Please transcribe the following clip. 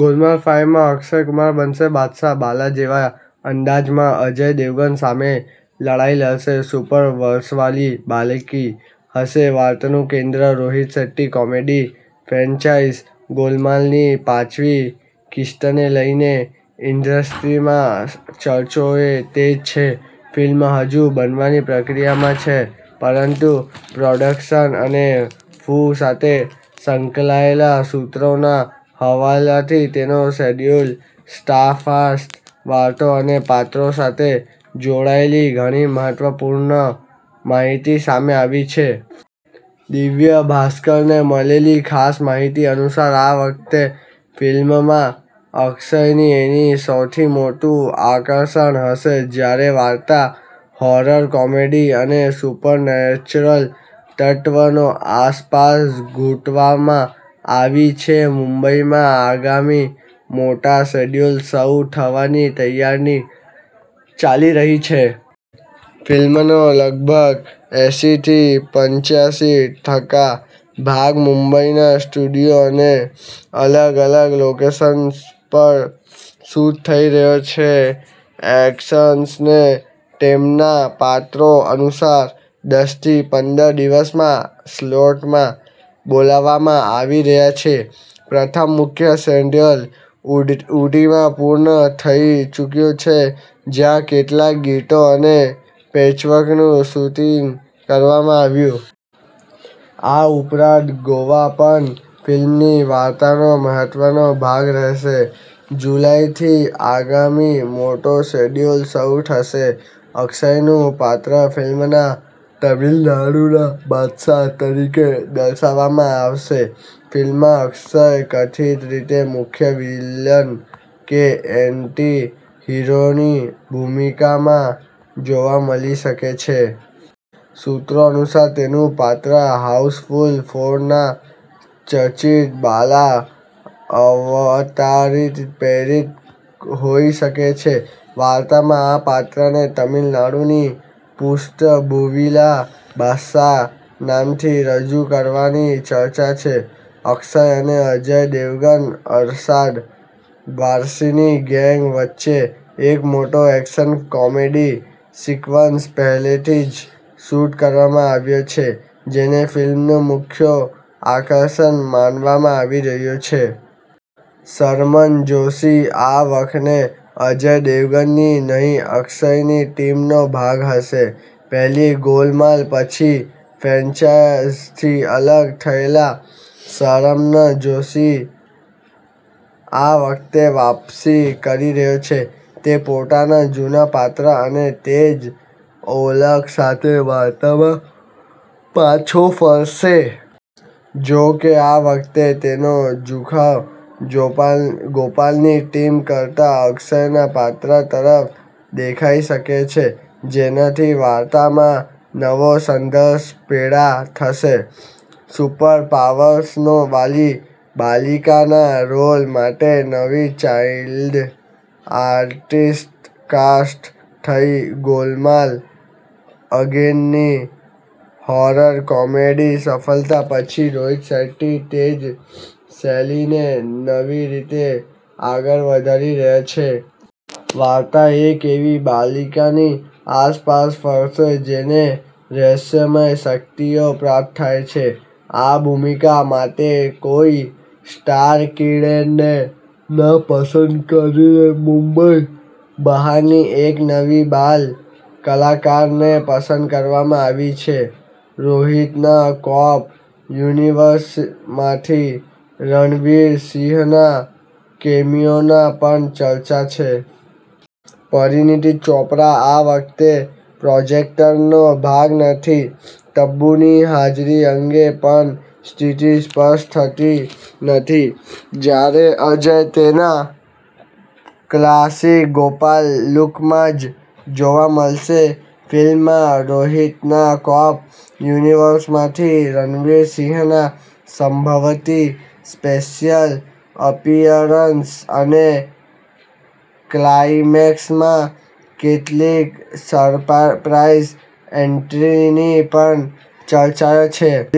Golmaal five માં અક્ષય કુમાર બનશે 'બાદશાહ.' 'બાલા' જેવા અંદાજમાં અજય દેવગણ સામે લડાઈ લડશે, સુપરપાવર્સવાળી બાળકી હશે વાર્તાનું કેન્દ્ર. રોહિત શેટ્ટીની કોમેડી ફ્રેન્ચાઇઝ 'ગોલમાલ'ની પાંચમી કીસ્તને લઈને ઇન્ડસ્ટ્રીમાં ચર્ચાઓ તેજ છે. ફિલ્મ હજુ બનવાની પ્રક્રિયામાં છે, પરંતુ પ્રોડક્શન અને ક્રૂ સાથે સંકળાયેલા સૂત્રોના હવાલાથી તેના શેડ્યૂલ, સ્ટારકાસ્ટ, વાર્તા અને પાત્રો સાથે જોડાયેલી ઘણી મહત્વપૂર્ણ માહિતી સામે આવી છે. દિવ્ય ભાસ્કરને મળેલી ખાસ માહિતી અનુસાર, આ વખતે ફિલ્મમાં અક્ષયની એન્ટ્રી સૌથી મોટું આકર્ષણ હશે, જ્યારે વાર્તા હોરર-કોમેડી અને સુપરનેચરલ તત્વોની આસપાસ ગૂંથવામાં આવી છે. મુંબઈમાં આગામી મોટા શેડ્યૂલ શરૂ થવાની તૈયારનીચાલી રહી છે. ફિલ્મનો લગભગ એંસી થી પંચ્યાસી ટકા ભાગ મુંબઈના સ્ટુડિયો અને અલગ-અલગ લોકેશન્સ પર શૂટ થઈ રહ્યો છે. એક્ટર્સને તેમના પાત્રો અનુસાર દસ થી પંદર દિવસના સ્લોટમાં બોલાવવામાં આવી રહ્યા છે. પ્રથમ મુખ્ય શેડ્યૂલ ઊટીમાં પૂર્ણ થઈ ચૂક્યું છે, જ્યાં કેટલાક ગીતો અને પેચવર્કનું શૂટિંગ કરવામાં આવ્યું. આ ઉપરાંત ગોવા પણ ફિલ્મની વાર્તાનો મહત્વનો ભાગ રહેશે. જુલાઈથી આગામી મોટો શેડ્યૂલ શરૂ થશે. અક્ષયનું પાત્ર ફિલ્મમાં તમિલનાડુના 'બાદશાહ' તરીકે દર્શાવવામાં આવશે. ફિલ્મમાં અક્ષય કથિત રીતે મુખ્ય વિલન કે એન્ટી-હીરોની ભૂમિકામાં જોવા મલી શકે છે. સૂત્રો અનુસાર, તેનું પાત્ર 'હાઉસફુલ ફોર'ના ચર્ચિત 'બાલા' અવતારથી પ્રેરિત હોઈ શકે છે. વાર્તામાં આ પાત્રને તમિલનાડુની પૃષ્ઠભૂમિવાળા 'બાદશાહ' નામથી રજૂ કરવાની ચર્ચા છે. અક્ષય અને અજય દેવગન-અરશદ વારસીની ગેંગ વચ્ચે એક મોટો એક્શન-કોમેડી સિક્વન્સ પહેલેથી જ શૂટ કરવામાં આવ્યો છે, જેને ફિલ્મનું મુખ્ય આકર્ષણ માનવામાં આવી રહ્યું છે. શરમન જોશી આ વખતે અજય દેવગનની નહીં, અક્ષયની ટીમનો ભાગ હશે. પહેલી 'ગોલમાલ' પછી ફ્રેન્ચાઇઝથી અલગ થયેલા શરમન જોશી આ વખતે વાપસી કરી રહ્યો છે. તે પોતાના જૂના પાત્ર અને તે જ ઓળખ સાથે વાર્તામાં પાછો ફરશે. જોકે, આ વખતે તેનો ઝુકાવ ગોપાલની ટીમ કરતાં અક્ષયના પાત્ર તરફ દેખાઈ શકે છે, જેનાથી વાર્તામાં નવો સંઘર્ષ પેદા થશે. સુપરપાવર્સ નો વાળી બાળકીના રોલ માટે નવી ચાઈલ્ડ આર્ટિસ્ટ કાસ્ટ થઈ. 'ગોલમાલ અગેઇન'ની હોરર-કોમેડી સફળતા પછી રોહિત શેટ્ટી તે જ શૈલીને નવી રીતે આગળ વધારી રહ્યા છે. વાર્તા એક એવી બાલિકાની આસપાસ ફરશે, જેને રહસ્યમય શક્તિઓ પ્રાપ્ત થાય છે. આ ભૂમિકા માટે કોઈ સ્ટારકિડને ન પસંદ કરીને મુંબઈ બહારની એક નવી બાળ કલાકારને પસંદ કરવામાં આવી છે. રોહિતના કોપ યુનિવર્સમાંથી રણવીર સિંહના કેમિયોની પણ ચર્ચા છે. પરિણીતિ ચોપરા આ વખતે પ્રોજેક્ટનો ભાગ નથી. તબુની હાજરી અંગે પણ સ્થિતિ સ્પષ્ટ નથી. જ્યારે અજય તેના ક્લાસિક 'ગોપાલ' લુકમાં જ જોવા મળશે. ફિલ્મમાં રોહિતના કોપ યુનિવર્સમાંથી રણવીર સિંહના સંભવિત સ્પેશિયલ અપિયરન્સ અને ક્લાઇમેક્સમાં કેટલીક સરપ્રાઇઝ એન્ટ્રીની પણ ચર્ચાઓ છે.